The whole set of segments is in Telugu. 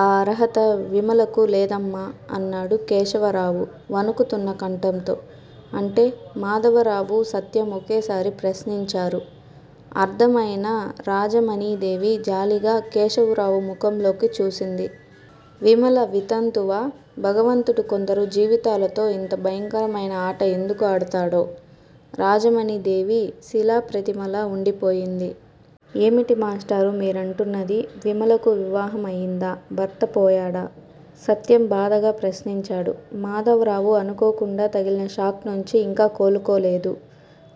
ఆ అర్హత విమలకు లేదమ్మా! అన్నాడు కేశవరావు వణుకుతున్న కంఠంతో. అంటే? మాధవరావు, సత్యం ఒకేసారి ప్రశ్నించారు. అర్ధం అయిన రాజమణీదేవి జాలిగా కేశవరావు ముఖంలోకి చూసింది. 'విమల వితంతువా? భగవంతుడు కొందరు జీవితాలతో ఇంత భయంకరమైన ఆట ఎందుకు ఆడతాడో? ' రాజమణీదేవి శిలాప్రతిమలా ఉండిపోయింది. ఏమిటి మాష్టారూ మీరంటున్నది? విమలకు వివాహం అయిందా? భర్తపోయాడా? సత్యం బాధగా ప్రశ్నించాడు. మాధవరావు అనుకోకుండా తగిలిన షాక్ నుంచి ఇంకా కోలుకోలేదు.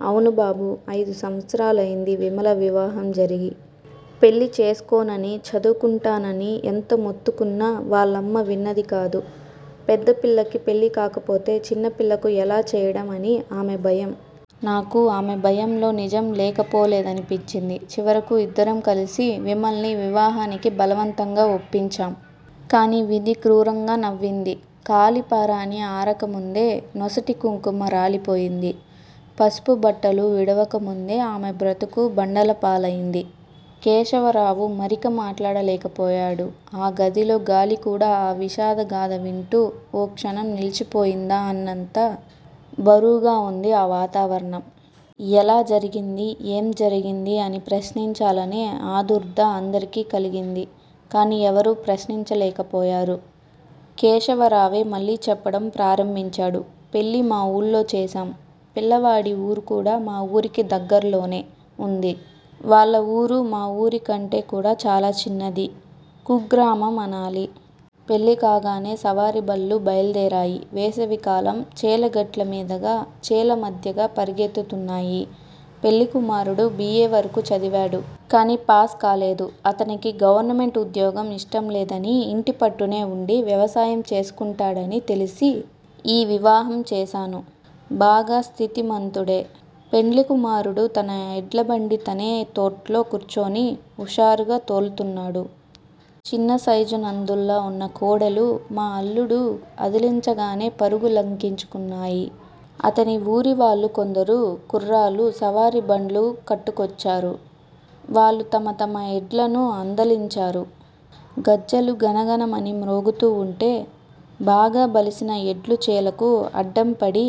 అవును బాబూ! ఐదు సంవత్సరాలయింది విమల వివాహం జరిగి! పెళ్ళి చేసుకోననీ, చదువుకుంటాననీ ఎంత మొత్తుకున్నా, వాళ్ళమ్మ విన్నదికాదు. పెద్దపిల్లకి పెళ్ళికాకపోతే చిన్నపిల్లకు ఎలా చెయ్యడం అని ఆమె భయం. నాకు ఆమె భయంలో నిజం లేకపోలేదని పించింది. చివరకు ఇద్దరం కలిసి విమల్ని వివాహానికి బలవంతంగా ఒప్పించాం. కాని విధి క్రూరంగా నవ్వింది. కాళి పారాణి అరకముందే నొసటి కుంకుమ రాలిపోయింది. పసుపుబట్టలు విడవకముందే ఆమె బ్రతుకు బండలపాలైంది! కేశవరావు మరిక మాట్లాడలేకపోయాడు. ఆ గదిలో గాలికూడా ఆ విషాద గాథ వింటూ ఓ క్షణం నిలిచిపోయిందా అన్నంత బరువుగావుంది ఆ వాతావరణం! ఎలా జరిగిందీ? ఏం జరిగిందీ? అని ప్రశ్నించాలనే ఆదుర్దా అందరికీ కలిగింది. కాని ఎవరూ ప్రశ్నించలేకపోయారు. కేశవరావే మళ్ళీ చెప్పడం ప్రారంభించాడు పెళ్ళి మా ఊళ్లో చేశాం. పిల్లవాడి ఊరుకూడా మా ఊరికి దగ్గర్లోనే ఉంది. వాళ్ళ ఊరు మా ఊరికంటెకూడా చాలా చిన్నది. కుగ్రామం అనాలి. పెళ్ళికాగానే సవారిబళ్ళు బయలుదేరాయి. వేసవికాలం. చేల గట్లమీదగా, చేలమధ్యగా పరుగెత్తుతున్నాయి. పెళ్ళికుమారుడు. బి. ఏ. వరకు చదివాడు, కాని పాస్ కాలేదు. అతనికి గవర్నమెంటు ఉద్యోగం ఇష్టంలేదనీ, ఇంటిపట్టునే ఉండి వ్యవసాయం చేసుకుంటాడనీ తెలిసి ఈ వివాహం చేశాను. బాగా స్థితిమంతుడే! పెండ్లికుమారుడు తన ఎడ్లబండి తనే తొట్లో కూర్చుని హుషారుగా తోలుతున్నాడు. చిన్నసైజు నందుల్లా ఉన్న కోడెలు మా అల్లుడు అదిలించగానే పరుగు లంకించుకున్నాయి. అతని ఊరివాళ్ళు కొందరు కుర్రాళ్ళు సవారిబండ్లు కట్టుకొచ్చారు. వాళ్ళు తమ తమ ఎడ్లను అదిలించారు. గజ్జలు గణగణమని మ్రోగుతూ వుంటే, బాగా బలిసిన ఎడ్లు చేలకు అడ్డంపడి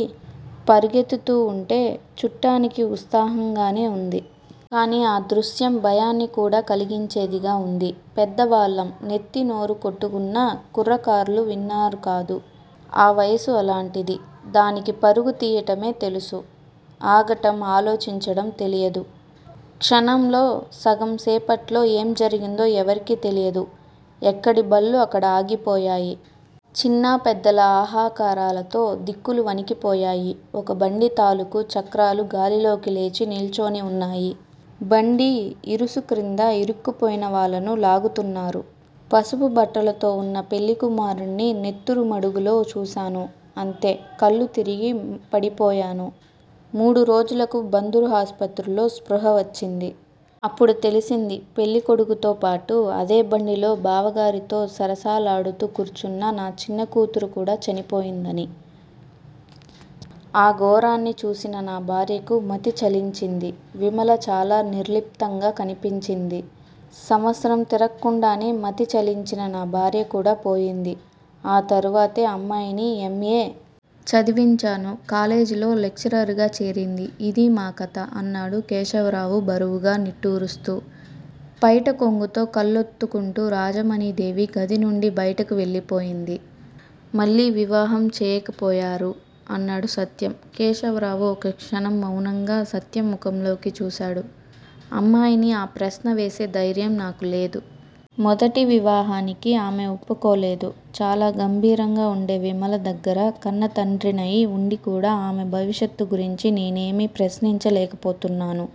పరుగెత్తుతూవుంటే చుట్టానికి ఉత్సాహంగానే ఉంది. కాని ఆ దృశ్యం భయాన్ని కూడా కలిగించేదిగా ఉంది. పెద్దవాళ్ళం నెత్తీ, నోరు కొట్టుకున్నా కుర్రకార్లు విన్నారుకాదు. ఆ వయస్సు అలాంటిది. దానికి పరుగు తీయటమే తెలుసు. ఆగటం, ఆలోచించడం తెలియదు. క్షణంలో సగం సేపట్లో ఏం జరిగిందో ఎవరికీ తెలియలేదు. ఎక్కడిబళ్ళు అక్కడ ఆగిపోయాయి. చిన్నా పెద్దల హాహాకారాలతో దిక్కులు వణికిపోయాయి. ఒక బండి తాలూకు చక్రాలు గాలిలోకి లేచి నిల్చొని ఉన్నాయి. బండి ఇరుసుక్రింద ఇరుక్కుపోయినవాళ్ళను లాగుతున్నారు. పసుపు బట్టలతోవున్న పెళ్ళికుమారుణ్ణి నెత్తురు మడుగులో చూశాను. అంతే. కళ్ళు తిరిగి పడిపోయాను. మూడు రోజులకు బందరు ఆసుపత్రిలో స్పృహ వచ్చింది. అప్పుడు తెలిసింది, పెళ్ళికొడుకుతోపాటు అదేబండిలో బావగారితో సరసాలాడుతూ కూర్చున్న నా చిన్నకూతురుకూడా చనిపోయిందని! ఆ ఘోరాన్ని చూసిన నా భార్యకు మతి చలించింది. విమల చాలా నిర్లిప్తంగా కనిపించింది. సంవత్సరం తిరక్కుండానే మతి చలించిన నా భార్యకూడా పోయింది. ఆ తరువాతే అమ్మాయిని ఎం. ఏ. చదివించాను. కాలేజిలో లెక్చరర్ గా చేరింది. ఇదీ మా కథ! అన్నాడు కేశవరావు బరువుగా నిట్టూరుస్తూ. పైట కొంగుతో కళ్ళొత్తుకుంటూ రాజమణీదేవి గదినుండి బయటకు వెళ్ళిపోయింది. మళ్ళీ వివాహం చేయకపోయారూ? అన్నాడు సత్యం. కేశవరావు ఒక్క క్షణం మౌనంగా సత్యం ముఖంలోకి చూశాడు. అమ్మాయిని ఆ ప్రశ్న వేసే ధైర్యం నాకు లేదు. మొదటి వివాహానికే ఆమె ఒప్పుకోలేదు. చాలా గంభీరంగా ఉండే విమల దగ్గర కన్నతండ్రినై ఉండికూడా ఆమె భవిష్యత్తు గురించి నేనేమీ ప్రశ్నించలేకపోతున్నాను.